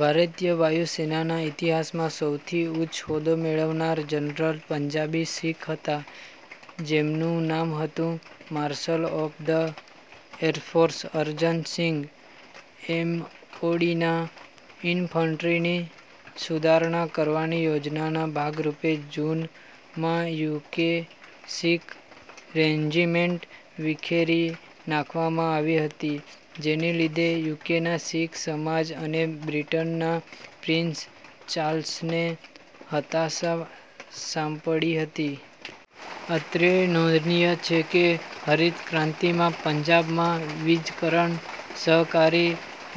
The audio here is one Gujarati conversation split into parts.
ભારતીય વાયુ સેનાના ઇતિહાસમાં સૌથી ઉચ્ચ હોદ્દો મેળવનાર જનરલ પંજાબી શીખ હતા, જેમનું નામ હતું marshal of the air force Arjan Singh. એમઓડીના ઈનફન્ટ્રીની સુધારણા કરવાની યોજનાના ભાગરૂપે જૂન માં યુકે શીખ રેજિમેન્ટ વિખેરી નાખવામાં આવી હતી, જેને લીધે યુકેના શીખ સમાજ અને બ્રિટનના પ્રિન્સ ચાર્લ્સને હતાશા સાંપડી હતી. અત્રે નોંધનીય છે કે હરિત ક્રાંતિમાં પંજાબમાં વીજકરણ, સહકારી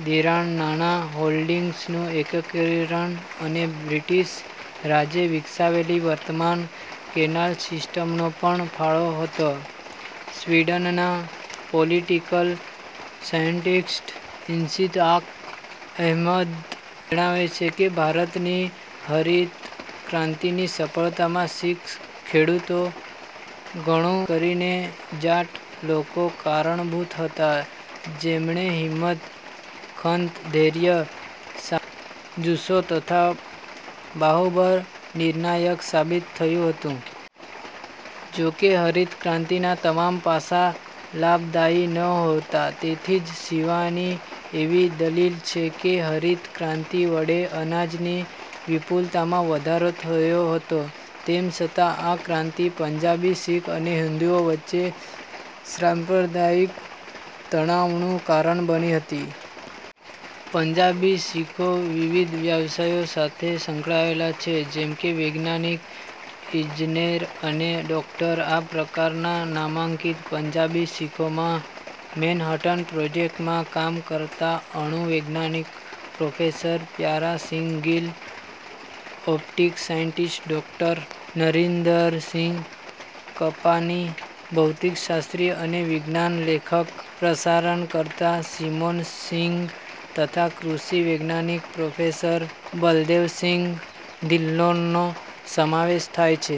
ધિરાણ, નાનાં હોલ્ડિંગ્સનું એકીકરણ અને બ્રિટીશ રાજે વિકસાવેલી વર્તમાન કેનાલ સિસ્ટમનો પણ ફાળો હતો. સ્વીડનનાં પોલિટિકલ સાયન્ટિસ્ટ, ઈશ્તિઆક અહેમદ જણાવે છે કે, ભારતની હરિત ક્રાંતિની સફળતામાં 'શીખ ખેડૂત, ઘણું કરીને જાટ લોકો કારણભૂત હતા જેમની હિંમત, ખંત-ધૈર્ય, સાહસિકતાનો જુસ્સો તથા બાહુબળ નિર્ણાયક સાબિત થયું હતું. ' જો કે, હરિત ક્રાતિના તમામ પાસા લાભદાયી નહોતા. તેથી જ શિવાની એવી દલીલ છે કે હરિત ક્રાંતિ વડે અનાજની વિપુલતામાં વધારો થયો હતો, તેમ છતાં આ ક્રાંતિ પંજાબી શીખ અને હિંદુ વચ્ચેના સાંપ્રદાયિક તણાવનું કારણ બની હતી. પંજાબી શીખો વિવિધ વ્યવસાયો સાથે સંકળાયેલા છે જેમ કે વૈજ્ઞાનિક, ઈજનેર અને ડોક્ટર; આ પ્રકારના નામાંકિત પંજાબી શીખોમાં મેનહટન પ્રોજેક્ટમાં કામ કરનારા અણુ વૈજ્ઞાનિક professor Pyara Singh Gill, optic scientist ડો. નરિન્દરસિંઘ કપાની, ભૌતિકશાસ્ત્રી અને વિજ્ઞાન લેખક/ પ્રસારણકર્તા સિમોન સિંઘ તથા કૃષિ વૈજ્ઞાનિક પ્રોફેસર બલદેવસિંઘ ધિલ્લોનનો સમાવેશ થાય છે.